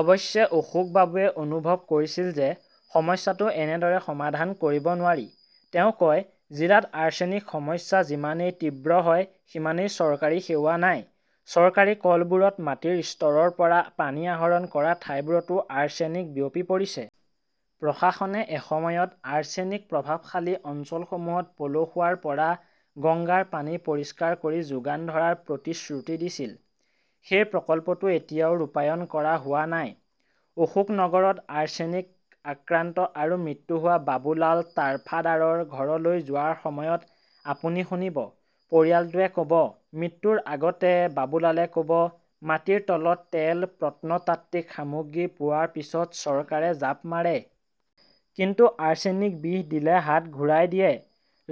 অৱশ্যে অশোকবাবুৱে অনুভৱ কৰিছিল যে সমস্যাটো এনেদৰে সমাধান কৰিব নোৱাৰি। তেওঁ কয়, "জিলাত আৰ্ছেনিক সমস্যা যিমানেই তীব্ৰ হয় সিমানেই চৰকাৰী সেৱা নাই। চৰকাৰী কলবোৰত মাটিৰ স্তৰৰ পৰা পানী আহৰণ কৰা ঠাইবোৰতো আৰ্ছেনিক বিয়পি পৰিছে। "প্ৰশাসনে এসময়ত আৰ্ছেনিক প্ৰভাৱশালী অঞ্চলসমূহত পলসুৱাৰ পৰা গংগাৰ পানী পৰিষ্কাৰ কৰি যোগান ধৰাৰ প্ৰতিশ্ৰুতি দিছিল। সেই প্ৰকল্পটো এতিয়াও ৰূপায়ণ কৰা হোৱা নাই। অশোকনগৰত আৰ্ছেনিক আক্ৰান্ত আৰু মৃত্যু হোৱা বাবুলাল তাৰফাদাৰৰ ঘৰলৈ যোৱাৰ সময়ত আপুনি শুনিব, পৰিয়ালটোৱে ক 'ব, মৃত্যুৰ আগতে বাবুলালে ক' ব, 'মাটিৰ তলত তেল, প্ৰত্নতাত্ত্বিক সামগ্ৰী পোৱাৰ পিছত চৰকাৰে জাপ মাৰে। কিন্তু আৰ্ছেনিক-বিষ দিলে হাত ঘূৰাই দিয়ে।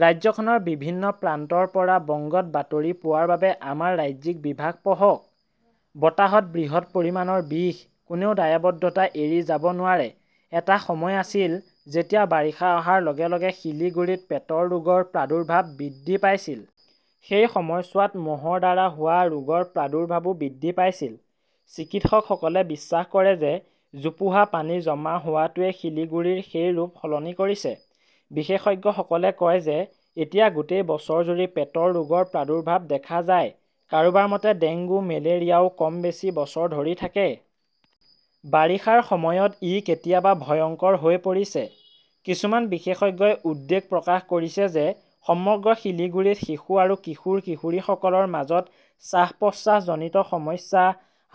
"ৰাজ্যখনৰ বিভিন্ন প্ৰান্তৰ পৰা বংগত বাতৰি পোৱাৰ বাবে আমাৰ ৰাজ্যিক বিভাগ পঢ়ক। বতাহত বৃহৎ পৰিমাণৰ বিষ! কোনেও দায়বদ্ধতা এৰি যাব নোৱাৰে এটা সময় আছিল যেতিয়া বাৰিষা অহাৰ লগে লগে শিলিগুড়িত পেটৰ ৰোগৰ প্ৰাদুৰ্ভাৱ বৃদ্ধি পাইছিল। সেই সময়ছোৱাত মহৰ দ্বাৰা হোৱা ৰোগৰ প্ৰাদুৰ্ভাৱো বৃদ্ধি পাইছিল। চিকিৎসকসকলে বিশ্বাস কৰে যে জোপোহা-পানী জমা হোৱাটোৱে শিলিগুৰিৰ সেই ৰূপ সলনি কৰিছে। বিশেষজ্ঞসকলে কয় যে এতিয়া গোটেই বছৰজুৰি পেটৰ ৰোগৰ প্ৰাদুৰ্ভাৱ দেখা যায়। কাৰোবাৰ মতে, ডেংগু, মেলেৰিয়াও কম বেছি বছৰ ধৰি থাকে। বাৰিষাৰ সময়ত ই কেতিয়াবা ভয়ংকৰ হৈ পৰিছে। কিছুমান বিশেষজ্ঞই উদ্বেগ প্ৰকাশ কৰিছে যে সমগ্ৰ শিলিগুড়িত শিশু আৰু কিশোৰ-কিশোৰীসকলৰ মাজত শ্বাস-প্ৰশ্বাসজনিত সমস্যা,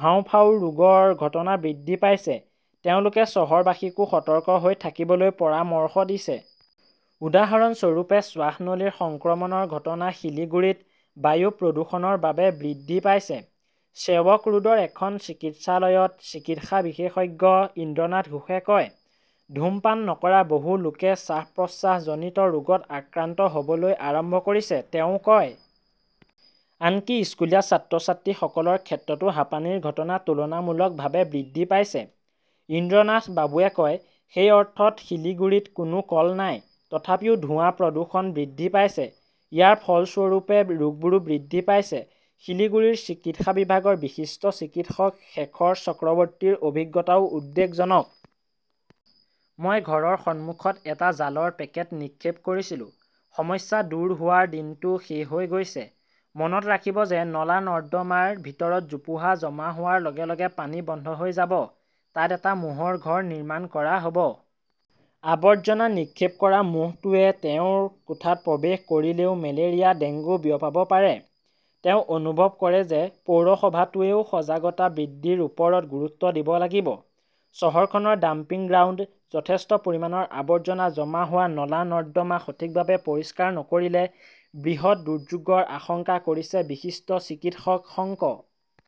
হাঁওফাঁওৰ ৰোগৰ ঘটনা বৃদ্ধি পাইছে। তেওঁলোকে চহৰবাসীকো সতৰ্ক হৈ থাকিবলৈ পৰামৰ্শ দিছে। উদাহৰণস্বৰূপে, শ্বাসনলীৰ সংক্ৰমণৰ ঘটনা সিলিগুৰীত বায়ু প্ৰদূষণৰ বাবে বৃদ্ধি পাইছে ", ছেৱক ৰোডৰ এখন চিকিৎসালয়ত চিকিৎসা বিশেষজ্ঞ ইন্দ্ৰনাথ ঘোষে কয়। ধূমপান নকৰা বহু লোকে শ্বাস-প্ৰশ্বাসজনিত ৰোগত আক্ৰান্ত হ "বলৈ আৰম্ভ কৰিছে, তেওঁ কয়। আনকি স্কুলীয়া ছাত্ৰ-ছাত্ৰীসকলৰ ক্ষেত্ৰতো হাঁপানিৰ ঘটনা তুলনামূলকভাৱে বৃদ্ধি পাইছে। ইন্দ্ৰনাথ বাবুৱে কয়, "সেই অৰ্থত শিলিগুড়িত কোনো কল নাই। তথাপিও ধোঁৱা-প্ৰদূষণ বৃদ্ধি পাইছে। ইয়াৰ ফলস্বৰূপে ৰোগবোৰো বৃদ্ধি পাইছে। "শিলিগুড়িৰ চিকিৎসা বিভাগৰ বিশিষ্ট চিকিৎসক শেখৰ চক্ৰৱৰ্তীৰ অভিজ্ঞতাও উদ্বেগজনক। "মই ঘৰৰ সন্মুখত এটা জালৰ পেকেট নিক্ষেপ কৰিছিলো। সমস্যা দূৰ হোৱাৰ দিনটো শেষ হৈ গৈছে। মনত ৰাখিব যে নলা-নৰ্দমাৰ ভিতৰত জোপোহা জমা হোৱাৰ লগে লগে পানী বন্ধ হৈ যাব। তাত এটা মহৰ ঘৰ নিৰ্মাণ কৰা হ "ব। আৱৰ্জনা নিক্ষেপ কৰা মহটোৱে তেওঁৰ কোঠাত প্ৰৱেশ কৰিলেও মেলেৰিয়া, ডেংগু বিয়পাব পাৰে। "তেওঁ অনুভৱ কৰে যে পৌৰসভাটোৱেও সজাগতা বৃদ্ধিৰ ওপৰত গুৰুত্ব দিব লাগিব। চহৰখনৰ ডাম্পিং গ্ৰাউণ্ড, যথেষ্ট পৰিমাণৰ আৱৰ্জনা জমা হোৱা, নলা-নৰ্দমা সঠিকভাৱে পৰিষ্কাৰ নকৰিলে বৃহৎ দুৰ্যোগৰ আশংকা কৰিছে বিশিষ্ট চিকিৎসক শংক